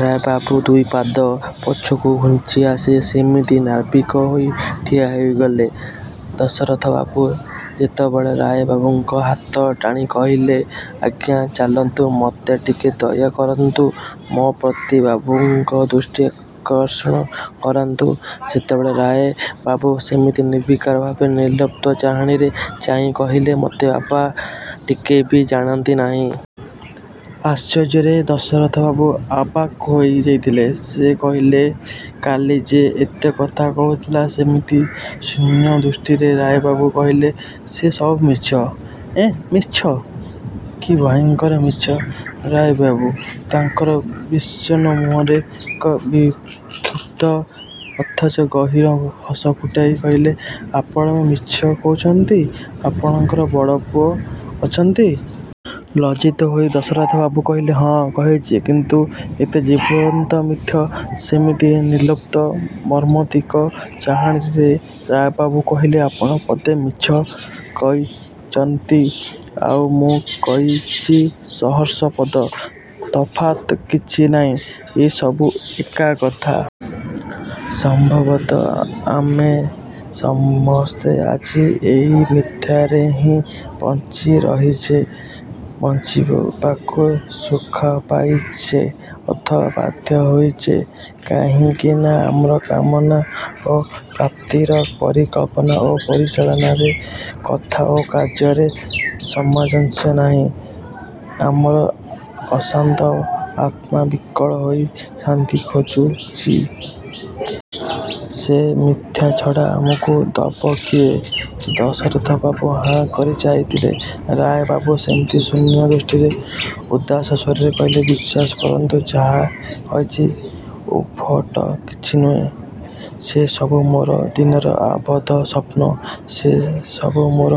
ରାୟ ବାବୁ ଦୁଇ ପାଦ ପଛକୁ ଘୁଞ୍ଚି ଆସି ସେମିତି ନିର୍ବାକ ହୋଇ ଠିଆ ହୋଇଗଲେ। ଦାଶରଥି ବାବୁ ଯେତେବେଳେ ରାୟ ବାବୁଙ୍କ ହାତ ଟାଣି କହିଲେ ଆଜ୍ଞା ଚାଲନ୍ତୁ, ମତେ ଟିକେ ଦୟା କରନ୍ତୁ, ମୋ ପ୍ରତି ବାବାଙ୍କ ଦୃଷ୍ଟି ଆକର୍ଷଣ କରାନ୍ତୁ। ସେତେବେଳେ ରାୟ ବାବୁ ସେମିତି ନିର୍ବିକାର ଭାବେ, ନୀର୍ଲିପ୍ତ ଚାହାଣୀରେ ଚାହିଁ କହିଲେ ମୋତେ ବାବା ଟିକେ ବି ଜାଣନ୍ତି ନାହିଁ। ଆଶ୍ଚର୍ଯ୍ୟରେ ଦାଶରଥି ବାବୁ ଅବାକ୍ ହୋଇ ଯାଇଥିଲେ, ସେ କହିଲେ କାଲି ଯେ ଏତେ କଥା କହୁଥିଲେ। ସେମିତି ଶୂନ୍ୟଦୃଷ୍ଟିରେ ରାୟ ବାବୁ କହିଲେ ସେ ସବୁ ମିଛ । ଏଁ ମିଛ? କି ଭୟଙ୍କର ମିଛ। ରାୟ ବାବୁ ତାଙ୍କର ବିଷଣ୍ଣ ମୁହଁରେ ଏକ ବିକ୍ଷୁବ୍ଧ, ଅଥଚ ଗହୀର ହସ ଫୁଟାଇ କହିଲେ ଆପଣ ବି ମିଛ କହୁଚନ୍ତି ଆପଣଙ୍କର ବଡ଼ ବଡ଼ ପୁଅ ଅଛନ୍ତି। ଲଜ୍ଜିତ ହୋଇ ଦାଶରଥି ବାବୁ କହିଲେ ହଁ, କହିଛି କିନ୍ତୁ ଏତେ ଜୀବନ୍ତ ମିଥ୍ୟା ସେମିତି ନିର୍ଲିପ୍ତ, ମର୍ମାନ୍ତିକ ଚାହାଣୀରେ ରାୟ ବାବୁ କହିଲେ, ଆପଣ ପଦେ ମିଛ କହିଚନ୍ତି ଆଉ ମୁଁ କହିଚି ସହସ୍ର ପଦ। ତଫାତ୍ କିଛି ନାଇଁ, ସବୁ ଏକା କଥା। ସମ୍ଭବତଃ ଆମେ ସମସ୍ତେ ଆଜି ଏଇ ମିଥ୍ୟାରେ ହିଁ ବଞ୍ଚି ରହିଛେ। ବଞ୍ଚିବାକୁ ସୁଖ ପାଇଚେ ଅଥବା ବାଧ୍ୟ ହୋଇଚେ। କାହିଁକି ନା ଆମର କାମନା ଓ ପ୍ରାପ୍ତିର, ପରିକଳ୍ପନା ଓ ପରିଚାଳନାରେ, କଥା ଓ କାର୍ଯ୍ୟର ସାମଞ୍ଜସ୍ୟ ନାହିଁ। ଆମର ଅଶାନ୍ତ ଆତ୍ମା ବିକଳ ହୋଇ ଶାନ୍ତି ଖୋଜୁଚି। ସେ ଶାନ୍ତି ମିଥ୍ୟା ଛଡ଼ା ଆମକୁ ଦବ କିଏ? ଦାଶରଥି ବାବୁ ହାଁ କରି ଚାହିଁ ଥିଲେ, ରାୟ ବାବୁ ସେମିତି ଶୂନ୍ୟ ଦୃଷ୍ଟିରେ ଉଦାସ ସ୍ୱରରେ କହିଲେ ବିଶ୍ୱାସ କରନ୍ତୁ, ଯାହା କହିଛି ଉଦ୍ଭଟ କିଛି ନୁହେଁ। ସେ ସବୁ ମୋର ଦିନର ଆବଦ୍ଧ ସ୍ୱପ୍ନ, ସେ ସବୁ ମୋର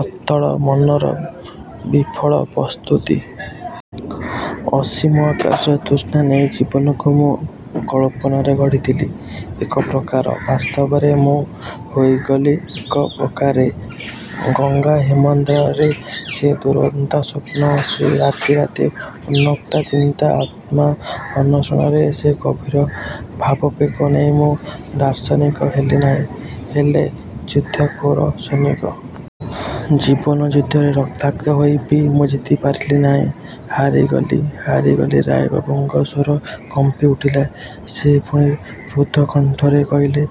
ଅତଳ ମନର ବିଫଳ ପ୍ରସ୍ତୁତି। ଅସୀମ ଆକାଶର ତୃଷ୍ଣା ନେଇ ଜୀବନକୁ ମୁଁ କଳ୍ପନାରେ ଗଢ଼ିଥିଲି ଏକ ପ୍ରକାର, ବାସ୍ତବରେ ମୁଁ ହୋଇଗଲି ଆଉ ଏକ ପ୍ରକାରେ। ଗଙ୍ଗା ଓ ହିମାଦ୍ରୀର ସେ ଦୁରନ୍ତା ସ୍ୱପ୍ନ, ସେ ରାତି ରାତି ଉନ୍ମୁକ୍ତ ଚିନ୍ତା, ଆତ୍ମ ଅନ୍ୱେଷଣର ସେ ଗଭୀର ଭାବାବେଗ ନେଇ ମୁଁ ଦାର୍ଶନିକ ହେଲି ନାହିଁ, ହେଲି ଯୁଦ୍ଧଖୋର ସୈନିକ। ଜୀବନ ଯୁଦ୍ଧରେ ରକ୍ତାକ୍ତ ହୋଇ ବି ମୁଁ ଜିତି ପାରିଲି ନାହିଁ। ହାରି ଗଲି, ହାରି ଗଲି ରାୟ ବାବୁଙ୍କ ସ୍ୱର କମ୍ପି ଉଠିଲା । ସେ ପୁଣି ରୁଦ୍ଧକଣ୍ଠରେ କହିଲେ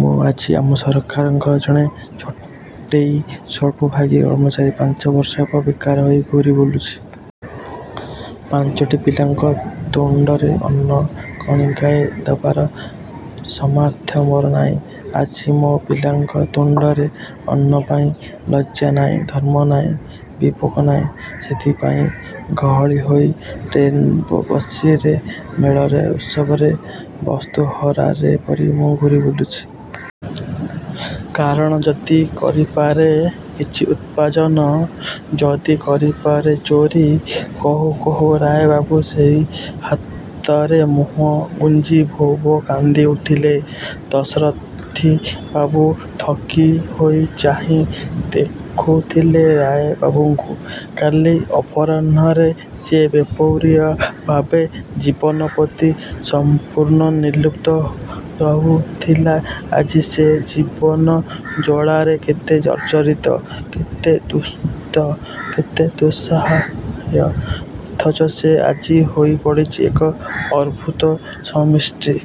ମୁଁ ଆଜି ଆମ ସରକାରଙ୍କର ଜଣେ ଛଟେଇ ସ୍ଵଳ୍ପଭୋଗୀ କର୍ମଚାରୀ । ପାଞ୍ଚବର୍ଷ ହେବ ବେକାର ହୋଇ ଘୂରି ବୁଲୁଛି । ପାଞ୍ଚଟି ପିଲାଙ୍କ ତୁଣ୍ଡରେ ଅନ୍ନ କଣିକାଏ ଦବାର ସାମର୍ଥ୍ୟ ମୋର ନାହିଁ । ଆଜି ମୋ ପିଲାଙ୍କ ତୁଣ୍ଡରେ ଅନ୍ନପାଇଁ ଆଉ ଲଜ୍ଜା ନାହିଁ, ଧର୍ମ ନାହିଁ, ବିବେକ ନାହିଁ । ସେଥିପାଇଁ ଗହଳି ହୋଇଥିବା ଟ୍ରେନ ବସରେ, ମେଳା ମହାତ୍ସବରେ ବାସ୍ତୁହରା ପରି ମୁଁ ଘୁରିବୁଲେ। କାରଣ ଯଦି କରିପାରେ କିଛି ଉପାର୍ଜନ, ଯଦି କରିପାରେ ଚୋରୀ, କହୁ କହୁ ରାୟ ବାବୁ ସେଇ ହାତରେ ମୁହଁ ଗୁଞ୍ଜି ଭୋ ଭୋ କାନ୍ଦି ଉଠିଲେ। ଦାଶରଥୀ ବାବୁ ଥକ୍କା ହୋଇ ଚାହିଁ ଦେଖୁଥିଲେ ରାୟ ବାବୁଙ୍କୁ। କାଲି ଅପରାହ୍ନରେ ଯିଏ ବେପରୁଆ ଭାବେ, ଜୀବନ ପ୍ରତି ସମ୍ପୂର୍ଣ୍ଣ ନିର୍ଲିପ୍ତ ରହିଥିଲା ଆଜି ସେ ଜୀବନ ଜ୍ୱାଳାରେ କେତେ ଜର୍ଜରିତ, କେତେ ଦୁଃସ୍ଥ, କେତେ ଅସହାୟ ଅଥଚ ସେ ଆଜି ହୋଇ ପଡ଼ିଛି ଏକ ଅଦ୍ଭୁତ ସମଷ୍ଟି।